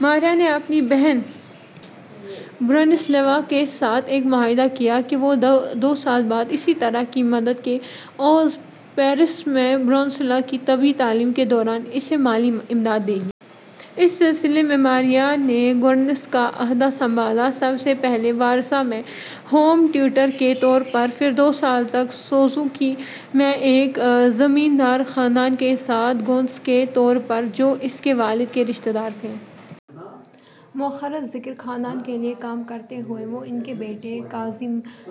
ماریا نے اپنی بہن، برونیسلاوا کے ساتھ ایک معاہدہ کیا کہ وہ دو سال بعد اسی طرح کی مدد کے عوض پیرس میں برونیسلاوا کی طبی تعلیم کے دوران اسے مالی امداد دے گی۔ اس سلسلے میں، ماریہ نے گورننس کا عہدہ سنبھالا: سب سے پہلے وارسا میں ہوم ٹیوٹر کے طور پر؛ پھر دو سال تک سوزوکی میں ایک زمیندار خاندان کے ساتھ گورننس کے طور پر، جو اس کے والد کے رشتہ دار تھے۔ مؤخر الذکر خاندان کے لیے کام کرتے ہوئے، وہ ان کے بیٹے،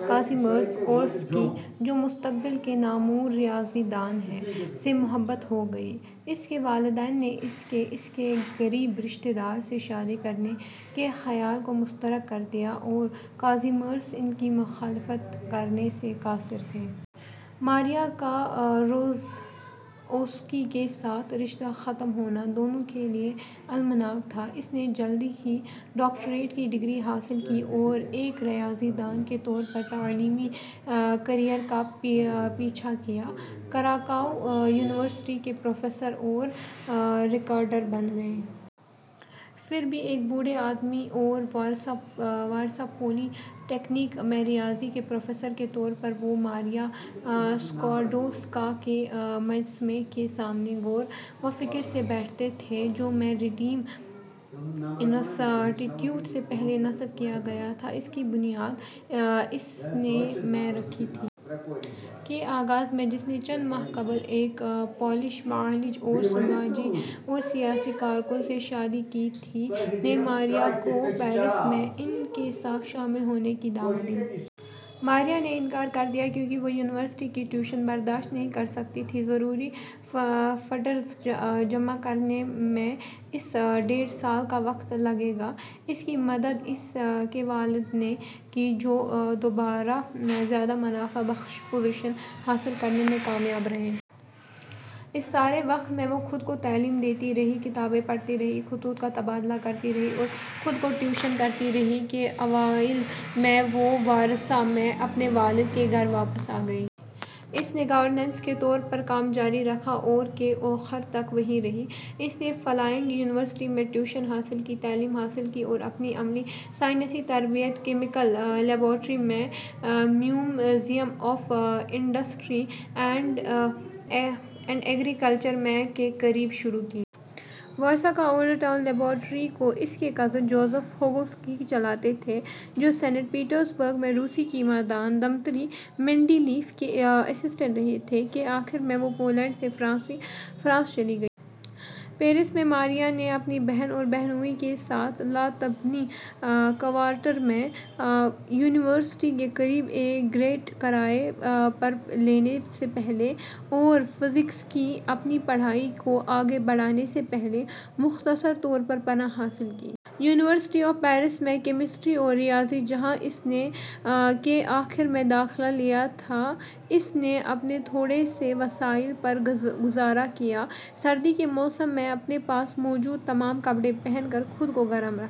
کازیمیرز اوورسکی، جو مستقبل کے نامور ریاضی دان ہیں، سے محبت ہو گئی۔ اس کے والدین نے اس کے اس کے غریب رشتہ دار سے شادی کرنے کے خیال کو مسترد کر دیا اور کازیمیرز ان کی مخالفت کرنے سے قاصر تھے۔ ماریا کا زوراوسکی کے ساتھ رشتہ ختم ہونا دونوں کے لیے المناک تھا۔ اس نے جلد ہی ڈاکٹریٹ کی ڈگری حاصل کی اور ایک ریاضی دان کے طور پر تعلیمی کیریئر کا پیچھا کیا، کراکاؤ یونیورسٹی کے پروفیسر اور ریکٹر بن گئے۔ پھر بھی، ایک بوڑھے آدمی اور وارسا پولی ٹیکنک میں ریاضی کے پروفیسر کے طور پر، وہ ماریہ سکلوڈوسکا کے مجسمے کے سامنے غور و فکر سے بیٹھتے تھے جو میں ریڈیم انسٹی ٹیوٹ سے پہلے نصب کیا گیا تھا، جس کی بنیاد اس نے میں رکھی تھی۔ کے آغاز میں، جس نے چند ماہ قبل ایک پولش معالج اور سماجی اور سیاسی کارکن، سے شادی کی تھی، نے ماریا کو پیرس میں ان کے ساتھ شامل ہونے کی دعوت دی۔ ماریہ نے انکار کر دیا کیونکہ وہ یونیورسٹی کی ٹیوشن برداشت نہیں کر سکتی تھی۔ ضروری فنڈز جمع کرنے میں اسے ڈیڑھ سال کا وقت لگے گا۔ اس کی مدد اس کے والد نے کی، جو دوبارہ زیادہ منافع بخش پوزیشن حاصل کرنے میں کامیاب رہے۔ اس سارے وقت میں وہ خود کو تعلیم دیتی رہی، کتابیں پڑھتی رہی، خطوط کا تبادلہ کرتی رہی اور خود کو ٹیوشن کرتی رہی۔ کے اوائل میں وہ وارسا میں اپنے والد کے گھر واپس آگئی۔ اس نے گورننس کے طور پر کام جاری رکھا اور کے اواخر تک وہیں رہی۔ اس نے فلائنگ یونیورسٹی میں ٹیوشن حاصل کی، تعلیم حاصل کی اور اپنی عملی سائنسی تربیت کیمیکل لیبارٹری میں museum of industry and agriculture میں کے قریب شروع کی۔ وارسا کا اولڈ ٹاؤن۔ لیبارٹری کو اس کے کزن جوزف بوگوسکی چلاتے تھے، جو سینٹ پیٹرزبرگ میں روسی کیمیا دان دمتری مینڈیلیف کے اسسٹنٹ رہے تھے۔ کے آخر میں، وہ پولینڈ سے فرانس چلی گئیں۔ پیرس میں، ماریا نے اپنی بہن اور بہنوئی کے ساتھ لاطینی کوارٹر میں، یونیورسٹی کے قریب ایک گیرٹ کرائے پر لینے سے پہلے اور فزکس کی اپنی پڑھائی کو آگے بڑھانے سے پہلے مختصر طور پر پناہ حاصل کی۔ یونیورسٹی آف پیرس میں کیمسٹری اور ریاضی، جہاں اس نے کے آخر میں داخلہ لیا تھا۔ اس نے اپنے تھوڑے سے وسائل پر گزارہ کیا، سردی کے موسم میں اپنے پاس موجود تمام کپڑے پہن کر خود کو گرم رکھا۔